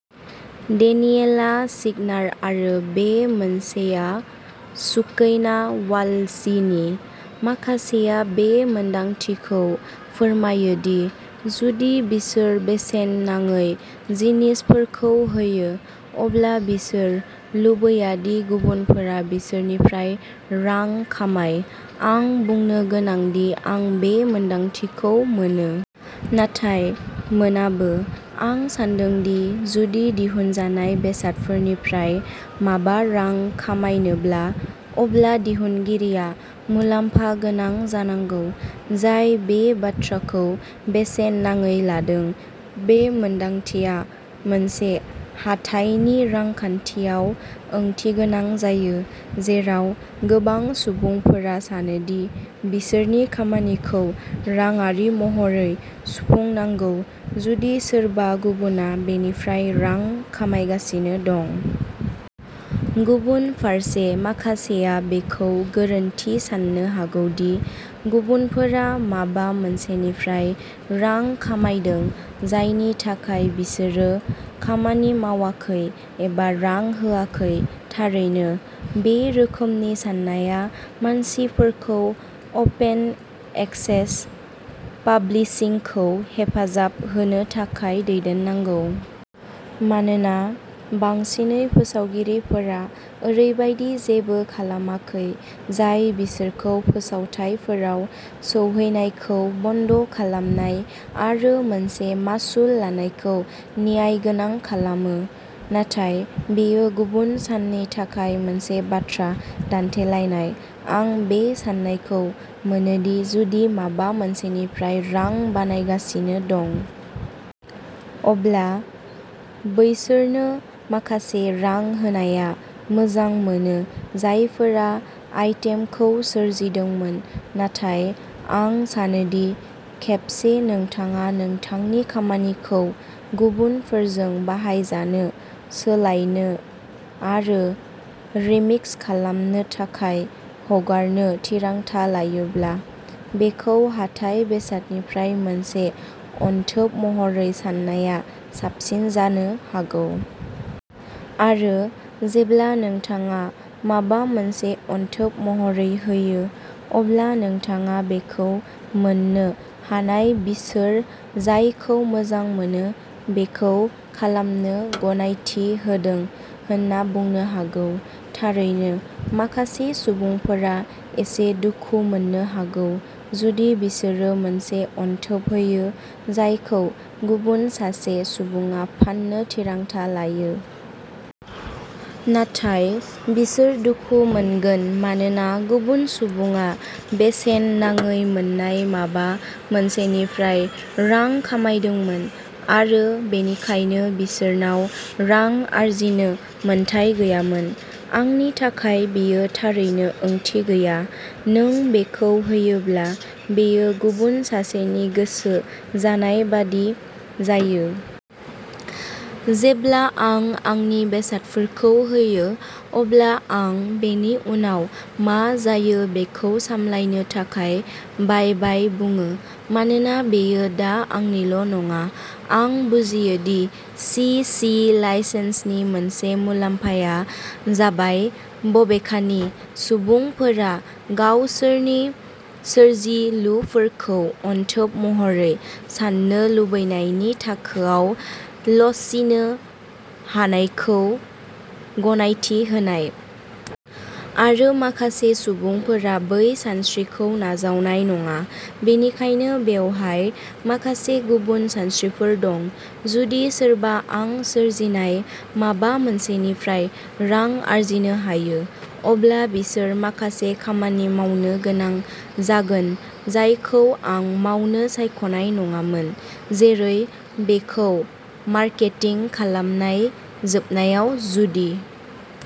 Daniela सिगनार आरो बे मोनसेया सुकैना वालजिनि। माखासेया बे मोन्दांथिखौ फोरमायो दि जुदि बिसोर बेसेन नाङै जिनिसफोरखौ होयो। अब्ला बिसोर लुबैया दि गुबुनफोरा बिसोरनिफ्राय रां खामाय। आं बुंनो गोनां दि आं बे मोनदांथिखौ मोनो। नाथाय मोनाबो। आं सान्दों दि जुदि दिहुनजानाय बेसादफोरनिफ्राय माबा रां खामायनोब्ला, अब्ला दिहुनगिरिया मुलाम्फा गोनां जानांगौ। जाय बे बाथ्राखौ बेसेन नाङै लादों। बे मोनदांथिया मोनसे हाथाइनि रांखान्थियाव ओंथिगोनां जायो। जेराव गोबां सुबुंफोरा सानो दि बिसोरनि खामानिखौ रांआरि महरै सुफुंनांगौ जुदि सोरबा गुबुनआ बेनिफ्राय रां खामायगासिनो दं। गुबुन फारसे माखासेया बेखौ गोरोन्थि साननो हागौ दि गुबुनफोरा माबा मोनसेनिफ्राय रां खामायदों जायनि थाखाय बिसोरो खामानि मावाखै एबा रां होआखै। थारैनो। बे रोखोमनि साननाया मानसिफोरखौ अपेन एक्सेस पाब्लिशिंखौ हेफाजाब होनो थाखाय दैदेननांगौ। मानोना, बांसिनै फोसावगिरिफोरा ओरैबायदि जेबो खालामाखै जाय बिसोरखौ फोसावथायफोराव सौहैनायखौ बन्द'खालामनाय आरो मोनसे मासुल लानायखौ न्यायगोनां खालामो। नाथाय बेयो गुबुन साननि थाखाय मोनसे बाथ्रा दान्थेलायनाय। आं बे साननायखौ मोनो दि जुदि माबा मोनसेनिफ्राय रां बानायगासिनो दं। अब्ला बैसोरनो माखासे रां होनाया मोजां मोनो जायफोरा आइटेमखौ सोरजिदोंमोन। नाथाय आं सानो दि खेबसे नोंथाङा नोंथांनि खामानिखौ गुबुनफोरजों बाहायजानो, सोलायनो आरो रिमिक्स खालामनो थाखाय हगारनो थिरांथा लायोब्ला। बेखौ हाथाइ बेसादनिख्रुइ मोनसे अनथोब महरै साननाया साबसिन जानो हागौ। आरो जेब्ला नोंथाङा माबा मोनसे अनथोब महरै होयो। अब्ला नोंथाङा बेखौ मोननो हानाय बिसोर जायखौ मोजां मोनो बेखौ खालामनो गनायथि होदों होनना बुंनो हागौ। थारैनो, माखासे सुबुंफोरा एसे दुखु मोननो हागौ जुदि बिसोरो मोनसे अनथोब होयो जायखौ गुबुन सासे सुबुङा फाननो थिरांथा लायो। नाथाय बिसोर दुखु मोनगोन मानोना गुबुन सुबुङा बेसेन नाङै मोन्नाय माबा मोनसेनिफ्राय रां खामायदोंमोन आरो बेनिखायनो बिसोरनाव रां आर्जिनो मोन्थाइ गैयामोन? आंनि थाखाय बेयो थारैनो ओंथि गैया। नों बेखौ होयोब्ला बेयो गुबुन सासेनि गोसो जानाय बायदि जायो। जेब्ला आं आंनि बेसादफोरखौ होयो। अब्ला आं बेनि उनाव मा जायो बेखौ सामलायनो थाखाय बायबाय बुङो। मानोना बेयो दा आंनिल' नङा। आं बुजियो दि सि सि लाइसेन्सनि मोनसे मुलाम्फाया जाबाय बबेखानि सुबुंफोरा गावसोरनि सोरजिलुफोरखौ अनथोब महरै साननो लुबैनायनि थाखोआव लचिनो हानायखौ गनायथि होनाय। आरो माखासे सुबुंफोरा बै सानस्रिखौ नाजावनाय नङा। बेनिखायनो बेवहाय माखासे गुबुन सानस्रिफोर दं। जुदि सोरबा आं सोरजिनाय माबा मोनसेनिफ्राय रां आर्जिनो हायो। अब्ला बिसोर माखासे खामानि मावनो गोनां जागोन जायखौ आं मावनो सायख'नाय नङामोन। जेरै बेखौ मार्केटिं खालामनाय। जोबनायाव जुदि